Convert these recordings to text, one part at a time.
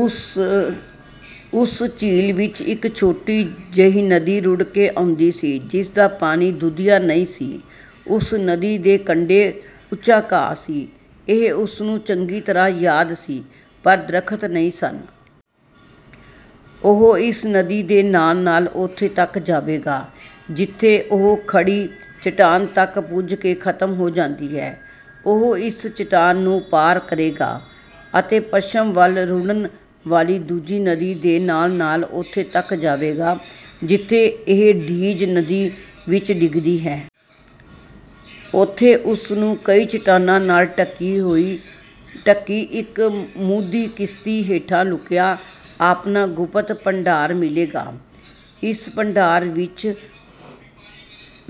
ਉਸ ਝੀਲ ਵਿੱਚ ਇੱਕ ਛੋਟੀ ਜਿਹੀ ਨਦੀ ਰੁੜ੍ਹਕੇ ਆਉਂਦੀ ਸੀ, ਜਿਸਦਾ ਪਾਣੀ ਦੁਧੀਆ ਨਹੀਂ ਸੀ। ਉਸ ਨਦੀ ਦੇ ਕੰਡੇ ਉੱਚਾ ਘਾਹ ਸੀ — ਇਹ ਉਸਨੂੰ ਚੰਗੀ ਤਰ੍ਹਾਂ ਯਾਦ ਸੀ — ਪਰ ਦਰੱਖ਼ਤ ਨਹੀਂ ਸਨ। ਉਹ ਇਸ ਨਦੀ ਦੇ ਨਾਲ਼-ਨਾਲ਼ ਉੱਥੇ ਤੱਕ ਜਾਵੇਗਾ, ਜਿੱਥੇ ਇਹ ਖੜੀ ਚੱਟਾਨ ਤੱਕ ਪੁੱਜ ਕੇ ਖਤਮ ਹੋ ਜਾਂਦੀ ਹੈ। ਉਹ ਇਸ ਚੱਟਾਨ ਨੂੰ ਪਾਰ ਕਰੇਗਾ ਅਤੇ ਪੱਛਮ ਵੱਲ ਰੁੜ੍ਹਨ ਵਾਲ਼ੀ ਦੂਜੀ ਨਦੀ ਦੇ ਨਾਲ਼-ਨਾਲ਼ ਉੱਥੇ ਤੱਕ ਜਾਵੇਗਾ, ਜਿੱਥੇ ਇਹ 'ਡੀਜ਼ ਨਦੀ' ਵਿੱਚ ਡਿੱਗਦੀ ਹੈ। ਉੱਥੇ ਉਸਨੂੰ ਕਈ ਚੱਟਾਨਾਂ ਨਾਲ਼ ਢਕੀ ਇੱਕ ਮੂਧੀ ਕਿਸ਼ਤੀ ਹੇਠਾਂ ਲੁਕਿਆ ਆਪਣਾ ਗੁਪਤ ਭੰਡਾਰ ਮਿਲ਼ੇਗਾ। ਇਸ ਭੰਡਾਰ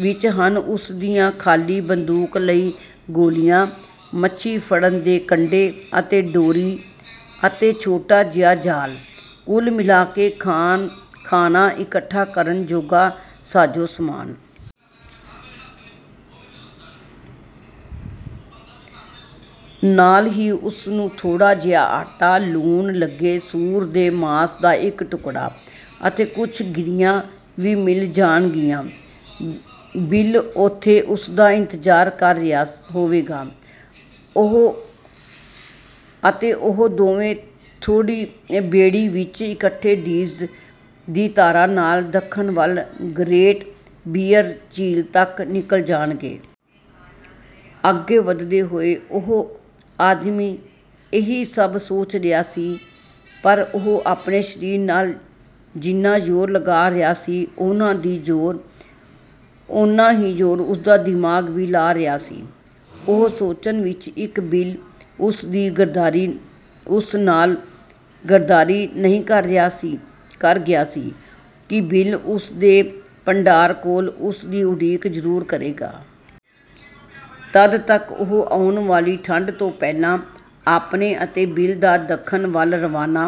ਵਿੱਚ ਹਨ ਉਸਦੀ ਖਾਲੀ ਬੰਦੂਕ ਲਈ ਗੋਲ਼ੀਆਂ, ਮੱਛੀ ਫੜਨ ਦੇ ਕੰਡੇ ਅਤੇ ਡੋਰੀ, ਅਤੇ ਛੋਟਾ ਜਿਹਾ ਜਾਲ਼ – ਕੁੱਲ ਮਿਲ਼ਾ ਕੇ ਖਾਣਾ ਇਕੱਠਾ ਕਰਨ ਜੋਗਾ ਸਾਜੋ-ਸਾਮਾਨ। ਨਾਲ਼ ਹੀ, ਉਸਨੂੰ ਥੋੜ੍ਹਾ ਜਿਹਾ ਆਟਾ, ਲੂਣ ਲੱਗੇ ਸੂਰ ਦੇ ਮਾਸ ਦਾ ਇੱਕ ਟੁਕੜਾ ਅਤੇ ਕੁੱਝ ਗਿਰੀਆਂ ਵੀ ਮਿਲ਼ ਜਾਣਗੀਆਂ। ਬਿਲ ਉੱਥੇ ਉਸਦਾ ਇੰਤਜ਼ਾਰ ਕਰ ਰਿਹਾ ਹੋਵੇਗਾ ਉਹ ਅਤੇ ਉਹ ਦੋਵੇਂ ਬੇੜੀ ਵਿੱਚ ਇਕੱਠੇ ਡੀਜ਼ ਦੀ ਧਾਰਾ ਨਾਲ਼ ਦੱਖਣ ਵੱਲ ਗਰੇਟ ਬੀਅਰ ਝੀਲ ਤੱਕ ਨਿੱਕਲ਼ ਜਾਣਗੇ। ਅੱਗੇ ਵਧਦੇ ਹੋਏ ਉਹ ਆਦਮੀ ਇਹੀ ਸਭ ਸੋਚ ਰਿਹਾ ਸੀ। ਪਰ ਉਹ ਆਪਣੇ ਸਰੀਰ ਨਾਲ਼ ਜਿੰਨਾ ਜ਼ੋਰ ਲਗਾ ਰਿਹਾ ਸੀ, ਓਨਾ ਹੀ ਜ਼ੋਰ ਉਸਦਾ ਦਿਮਾਗ਼ ਵੀ ਲਾ ਰਿਹਾ ਸੀ – ਇਹ ਸੋਚਣ ਵਿੱਚ ਕਿ ਬਿਲ ਉਸ ਨਾਲ਼ ਗੱਦਾਰੀ ਨਹੀਂ ਕਰ ਗਿਆ ਸੀ, ਕਿ ਬਿਲ ਉਸ ਭੰਡਾਰ ਕੋਲ਼ ਉਸਦੀ ਉਡੀਕ ਜਰੂਰ ਕਰੇਗਾ। ਸੀ, ਤਦ ਤੱਕ ਉਹ ਆਉਣ ਵਾਲ਼ੀ ਠੰਡ ਤੋਂ ਪਹਿਲਾਂ ਆਪਣੇ ਅਤੇ ਬਿਲ ਦੇ ਦੱਖਣ ਵੱਲ ਰਵਾਨਾ